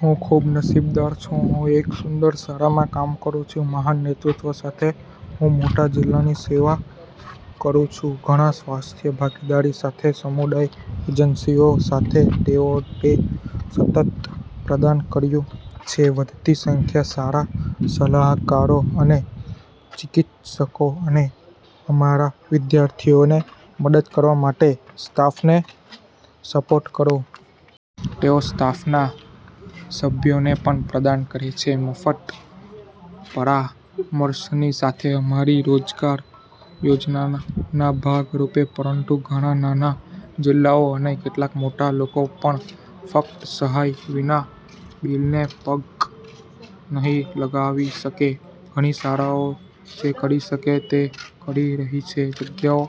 હું ખૂબ નસીબદાર છું. હું એક સુંદર શાળામાં કામ કરું છું મહાન નેતૃત્વ સાથે. હું મોટા જિલ્લાની સેવા કરું છું. ઘણા સ્વસ્થ ભાગીદારી સાથે સમુદાય એજન્સીઓ સાથે તેઓએ સતત પ્રદાન કર્યું છે. વધતી સંખ્યા શાળા સલાહકારો અને ચિકિત્સકો અને અમારા વિદ્યાર્થીઓને મદદ કરવા માટે સ્ટાફને સપોર્ટ કરો. તેઓ સ્ટાફના સભ્યોને પણ પ્રદાન કરે છે મફત પરામર્શની સાથે અમારી રોજગાર યોજનાના ભાગ રૂપે, પરંતુ ઘણા નાના જિલ્લાઓ અને કેટલાક મોટા લોકો પણ ફક્ત સહાય વિના બિલને પગ નહીં લગાવી શકે. ઘણી શાળાઓ જે કરી શકે તે કરી રહી છે જગ્યાઓ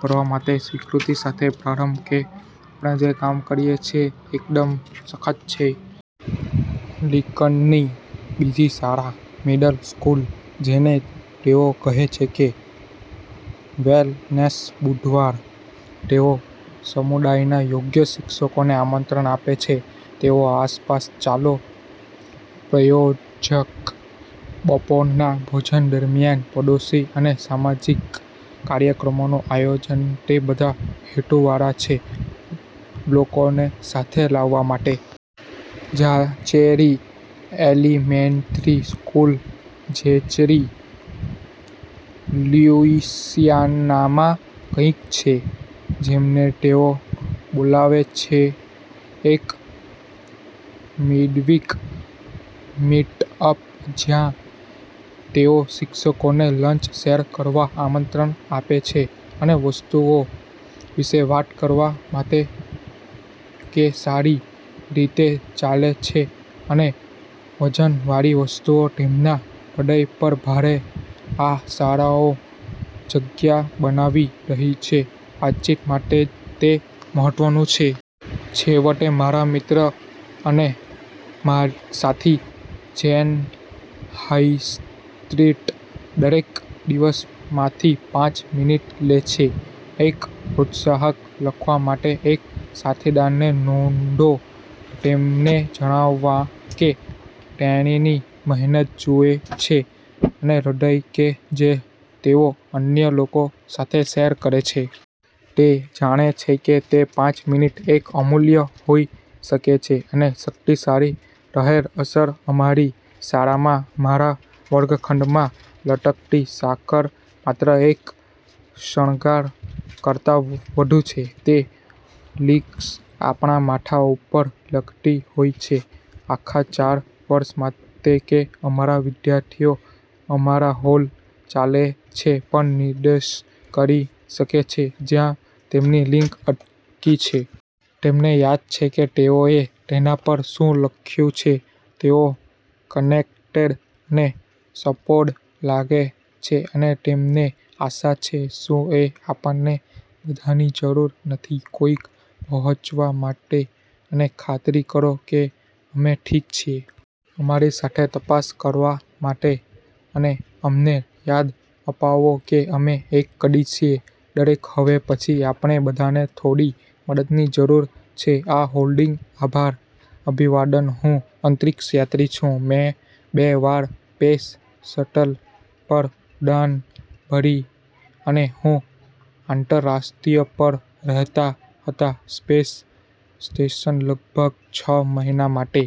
ભરવા માટે, સ્વીકૃતિ સાથે પ્રારંભ કે આપણે જે કામ કરીએ છીએ એકદમ સખત છે. લિંકનની બીજી શાળા મિડલ સ્કૂલ, જેને તેઓ કહે છે "વેલનેસ બુધવાર. " તેઓ સમુદાયના યોગ શિક્ષકોને આમંત્રણ આપે છે, તેઓ આસપાસ ચાલો પ્રાયોજક બપોરના ભોજન દરમિયાન પડોશી અને સામાજિક કાર્યક્રમોનું આયોજન તે બધા હેતુવાળા છે લોકોને સાથે લાવવા માટે. ઝાચેરી એલિમેન્ટરી સ્કૂલ ઝેચરી, લ્યુઇસિયાનામાં, કંઈક છે જેમને તેઓ બોલાવે છે એક "મિડવીક મીટઅપ," જ્યાં તેઓ શિક્ષકોને લંચ શેર કરવા આમંત્રણ આપે છે અને વસ્તુઓ વિશે વાત કરવા માટે કે સારી રીતે ચાલે છે અને વજનવાળી વસ્તુઓ તેમના હૃદય પર ભારે આ શાળાઓ જગ્યા બનાવી રહી છે વાતચીત માટે તે મહત્વનું છે. છેવટે, મારા મિત્ર અને સાથી જેન હાઇસ્ટ્રીટ દરેક દિવસમાંથી પાંચ મિનિટ લે છે, એક પ્રોત્સાહક લખવા માટે એક સાથીદારને નોંધો, તેમને જણાવવા કે તેણીની મહેનત જુએ છે અને હૃદય કે જે તેઓ અન્ય લોકો સાથે શેર કરે છે. તે જાણે છે કે તે પાંચ મિનિટ એક અમૂલ્ય હોઈ શકે છે અને શક્તિશાળી લહેર અસર અમારી શાળામાં. મારા વર્ગખંડમાં લટકતી સાંકળ માત્ર એક શણગાર કરતાં વધુ છે. તે લિંક્સ આપણા માથા ઉપર લટકતી હોય છે આખા ચાર વર્ષ માટે કે અમારા વિદ્યાર્થીઓ અમારા હોલ ચાલે છે, પણ નિર્દેશ કરી શકે છે જ્યાં તેમની લિંક અટકી છે. તેમને યાદ છે કે તેઓએ તેના પર શું લખ્યું છે. તેઓ કનેક્ટેડ અને સપોર્ટેડ લાગે છે અને તેમને આશા છે. શું એ આપણને બધાની જરૂર નથી? કોઈક પહોંચવા માટે અને ખાતરી કરો કે અમે ઠીક છીએ. અમારી સાથે તપાસ કરવા માટે અને અમને યાદ અપાવો કે અમે એક કડી છીએ. દરેક હવે પછી, આપણે બધાને થોડી મદદની જરૂર છે આ હોલ્ડિંગ. આભાર. અભિવાદન હું અંતરિક્ષયાત્રી છું. મેં બે વાર પેસ શટલ પર ઉડાન ભરી અને હું આંતરરાષ્ટ્રીય પર રહેતા હતા સ્પેસ સ્ટેશન લગભગ છ મહિના માટે.